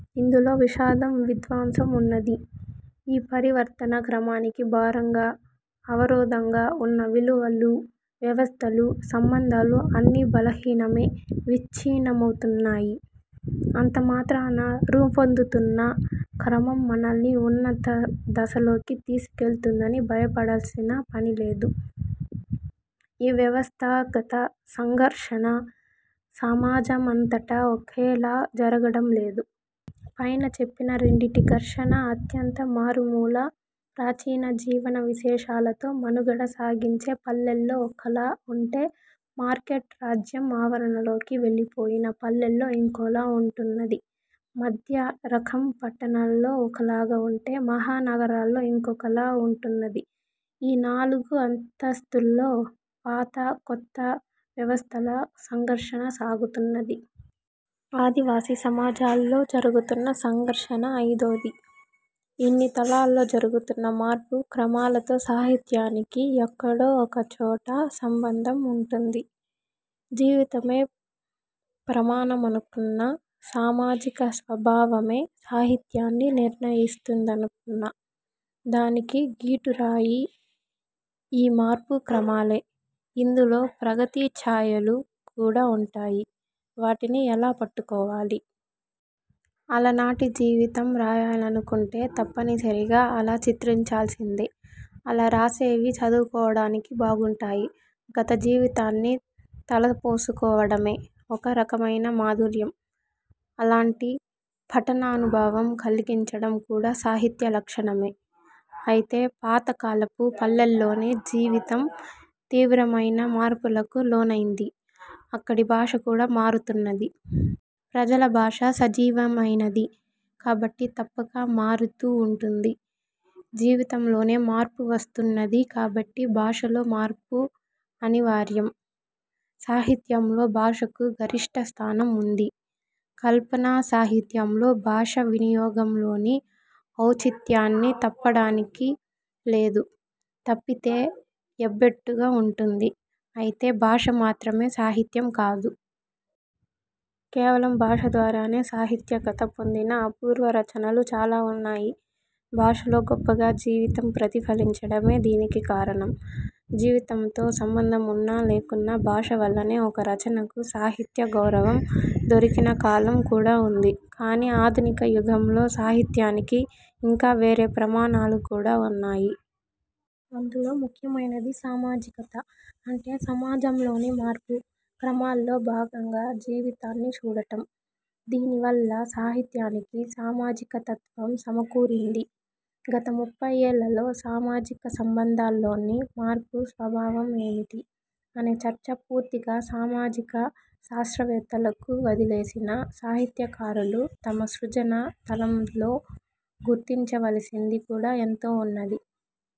ఇందులో విషాదం, విధ్వంసం ఉన్నది. ఈ పరివర్తనా క్రమానికి భారంగా, అవరోధంగా ఉన్న విలువలు, వ్యవస్థలు, సంబంధాలు అన్నీ బలహీనమే, విచ్ఛిన్నమవుతున్నాయి. అంతమాత్రాన రూపొందుతున్న క్రమం మనల్ని ఉన్నత దశలోకి తీసికెళ్తుందని భ్రమపడాల్సిన పని లేదు. ఈ వ్యవస్థాగత సంఘర్షణ సమాజమంతటా ఒకేలా జరగడం లేదు. పైన చెప్పిన రెండింటి ఘర్షణ అత్యంత మారుమూల, ప్రాచీన జీవన విశేషాలతో మనుగడ సాగించే పల్లెల్లో ఒకలా ఉంటే, మార్కెట్, రాజ్యం ఆవరణలోకి వెళ్లిపోయిన పల్లెల్లో ఇంకోలా ఉంటున్నది. మధ్య రకం పట్టణాల్లో ఒకలాగా ఉంటే, మహా నగరాల్లో ఇంకోలా ఉంటున్నది. ఈ నాలుగు అంతస్థుల్లో పాత, కొత్త వ్యవస్థల సంఘర్షణ సాగుతున్నది. ఆదివాసీ సమాజాల్లో జరుగుతున్న సంఘర్షణ ఐదోది. ఇన్ని తలాల్లో జరుగుతున్న మార్పు క్రమాలతో సాహిత్యానికి ఎక్కడో ఒక చోట సంబంధం ఉంటుంది. జీవితమే ప్రమాణమనుకున్నా, సామాజిక స్వభావమే సాహిత్యాన్ని నిర్ణయిస్తుందనుకున్నా, దానికి గీటురాయి ఈ మార్పు క్రమాలే. ఇందులో ప్రగతి ఛాయలు కూడా ఉంటాయి. వాటిని ఎలా పట్టుకోవాలి? అలనాటి జీవితం రాయాలనుకుంటే తప్పనిసరిగా అలా చిత్రించాల్సిందే. అలా రాసేవి చదువుకోడానికి బాగుంటాయి. గతజీవితాన్ని తలపోసుకోవడమే ఒక రకమైన మాధుర్యం. అలాంటి పఠనానుభవం కల్గించడం కూడా సాహిత్య లక్షణమే. అయితే పాత కాలపు పల్లెల్లోని జీవితం తీవ్రమైన మార్పులకు లోనైంది. అక్కడి భాష కూడా మారుతున్నది. ప్రజల భాష సజీవమైనది కాబట్టి తప్పక మారుతూ ఉంటుంది. జీవితంలోనే మార్పు వస్తున్నది కాబట్టి భాషలో మార్పు అనివార్యం. సాహిత్యంలో భాషకు గరిష్ఠ స్థానం ఉంది. కల్పనా సాహిత్యంలో భాషా వినియోగంలోని ఔచిత్యాన్ని తప్పడానికి లేదు. తప్పితే ఎబ్బెట్టుగా ఉంటుంది. అయితే భాష మాత్రమే సాహిత్యం కాదు. కేవలం భాష ద్వారానే సాహిత్యకత పొందిన అపూర్వ రచనలు చాలా ఉన్నాయి. భాషలో గొప్పగా జీవితం ప్రతిఫలించడమే దీనికి కారణం. జీవితంతో సంబంధం ఉన్నా లేకున్నా భాష వల్లనే ఒక రచనకు సాహిత్య గౌరవం దొరికిన కాలం కూడా ఉంది. కానీ ఆధునిక యుగంలో సాహిత్యానికి ఇంకా వేరే ప్రమాణాలు కూడా ఉన్నాయి. అందులో ముఖ్యమైనది సామాజికత. అంటే సమాజంలోని మార్పు క్రమాల్లో భాగంగా జీవితాన్ని చూడటం. దీని వల్ల సాహిత్యానికి సామాజికతత్వం సమకూరింది. గత ముప్పై ఏళ్లలో సామాజిక సంబంధాల్లోని మార్పు స్వభావం ఏమిటి? అనే చర్చ పూర్తిగా సామాజిక శాస్త్రవేత్తలకు వదిలేసినా సాహిత్యకారులు తమ సృజన తలంలో గుర్తించవలసింది కూడా ఎంతో ఉన్నది.